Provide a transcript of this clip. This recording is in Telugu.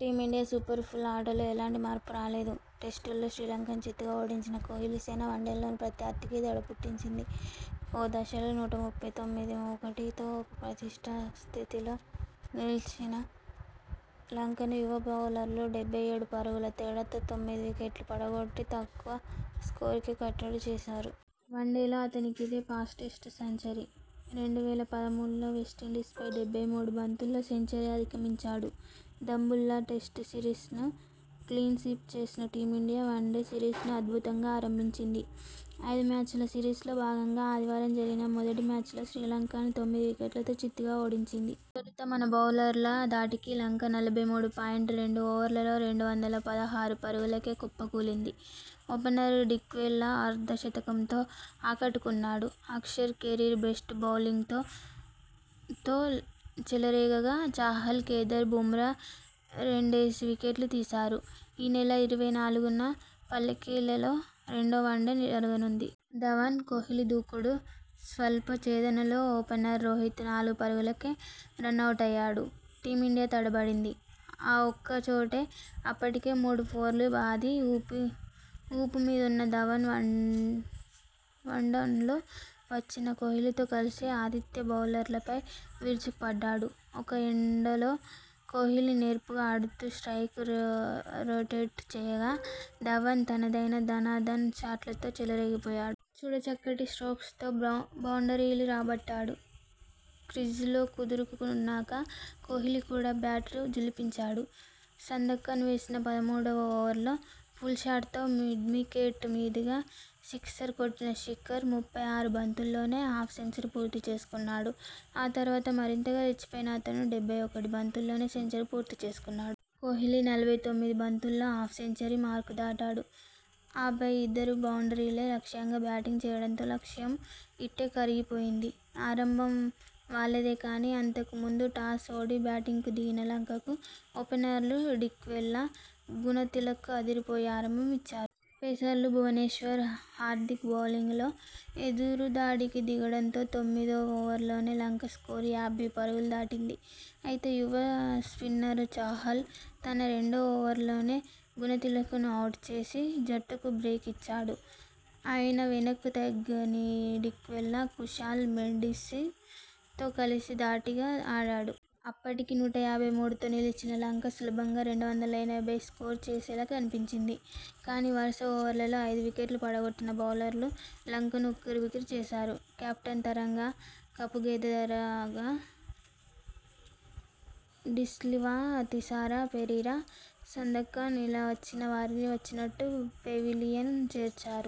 టీమిండియా పవర్ ఫుల్ ఆటలో ఎలాంటి మార్పు రాలేదు టెస్టుల్లో శ్రీలంకను చిత్తుగా ఓడించిన కోహ్లీసేన వన్డేల్లోనూ ప్రత్యర్థికి దడపుట్టించింది. ఓ దశలో నూట ముప్పై తొమ్మిది ,ఒకటితో పటిష్ఠ స్థితిలో నిలిచిన లంకను యువ బౌలర్లు డెబ్బై ఏడు పరుగుల తేడాతో తొమ్మిది వికెట్లు పడగొట్టి తక్కువ స్కోరుకే కట్టడి చేసేశారు! వన్డేల్లో అతనికిదే ఫాస్టెస్ట్ సెంచరీ. రెండు వేల పదమూడులో వెస్టిండీస్పై డెబ్బై మూడు బంతుల్లో సెంచరీ అధిగమించాడు దంబుల్లా టెస్టు సిరీస్ను క్లీన్స్వీప్ చేసిన టీమిండియా వన్డే సిరీస్నూ అద్భుతంగా ఆరంభించింది. ఐదు మ్యాచ్ల సిరీస్లో భాగంగా ఆది వారం జరిగిన మొదటి మ్యాచ్లో శ్రీలంకను తొమ్మిది వికెట్లతో చిత్తుగా ఓడించింది. తొలుత మన బౌలర్ల ధాటికి లంక నలభై మూడు పాయింట్ రెండు ఓవర్లలో రెండు వందల పదహారు పరుగులకే కుప్పకూలింది. ఓపెనర్ డిక్వెలా అర్ధ శతకంతో ఆకట్టుకున్నాడు. అక్షర్ కెరీర్ బెస్ట్ బౌలింగ్తో తో చెలరేగగా, చాహల్, కేదార్, బుమ్రా రెండేసి వికెట్లు తీశారు. ఈనెల ఇరవై నాలుగున పల్లెకెలెలో రెండో వన్డే జరగనుంది. ధవన్, కోహ్లీ దూకుడు.. స్వల్ప ఛేదనలో ఓపెనర్ రోహిత్ నాలుగు పరుగులకే రనౌటయ్యాడు. టీమిండియా తడబడింది ఆ ఒక్కచోటే. అప్పటికే మూడు ఫోర్లు బాది ఊపు మీదున్న ధవన్ వన్డౌన్లో వచ్చిన కోహ్లీతో కలిసి ఆతి థ్య బౌలర్లపై విరుచుకుపడ్డాడు. ఒక ఎండ్లో కోహ్లీ నేర్పుగా ఆడుతూ స్ట్రయిక్ రొటేట్ చేయగా ధవన్ తనదైన ధనాధన్ షాట్లతో చెలరేగిపోయాడు. చూడ చక్కటి స్ట్రోక్స్ తో బౌండ్రీలు రాబట్టాడు. క్రీజులో కుదురుకున్నాక కోహ్లీ కూడా బ్యాట్ ఝుళిపించాడు. సందకన్ వేసిన పదమూడువ ఓవర్లో పుల్షాట్తో మిడ్మికెట్ మీదుగా సిక్సర్ కొట్టిన శిఖర్ ముప్పై ఆరు బంతుల్లోనే హాఫ్ సెంచరీ పూర్తి చేసుకున్నాడు. ఆ తర్వాత మరింతగా రెచ్చిపోయిన అతను డెబ్బై ఒకటి బంతుల్లోనే సెంచరీ పూర్తి చేసుకున్నాడు. కోహ్లీ నలభై తొమ్మిది బంతుల్లో హాఫ్ సెంచరీ మార్కు దాటాడు. ఆపై ఇద్దరూ బౌండ్రీలే లక్ష్యంగా బ్యాటింగ్ చేయడంతో లక్ష్యం ఇట్టే కరిగిపోయింది. ఆరంభం వాళ్లదే కానీ అంతకు ముందు టాస్ ఓడి బ్యాటింగ్కు దిగిన లంకకు ఓపెనర్లు డిక్వెలా, గుణతిలక అదిరిపోయే ఆరంభం ఇచ్చారు. పేసర్లు భువనేశ్వర్, హార్దిక్ బౌలింగ్లో ఎదురుదాడికి దిగడంతో తొమ్మిదో ఓవర్లోనే లంక స్కోరు యాభై పరుగులు దాటింది. అయితే, యువ స్పిన్నర్ చాహల్ తన రెండో ఓవర్లోనే గుణతిలకను అవుట్ చేసి జట్టుకు బ్రేక్ ఇచ్చాడు. అయునా వెనక్కు తగ్గని డిక్వెలా కుశాల్ మెండిస్ తో కలిసి ధాటిగా ఆడాడు. అప్పటికి నూట యాభై మూడుతో నిలిచిన లంక సులభంగా రెండు వందల ఎనభై స్కోరు చేసేలా కనిపించింది. కానీ, వరుస ఓవర్లలో ఐదు వికెట్లు పడగొట్టిన బౌలర్లు లంకను ఉక్కిరిబిక్కిరి చేశారు. కెప్టెన్ తరంగ, కపుగెదెర, డిసిల్వ, తిసార పెరీర, సందకన్ ఇలా వచ్చిన వారిని వచ్చినట్టు పెవిలియన్ చేర్చారు.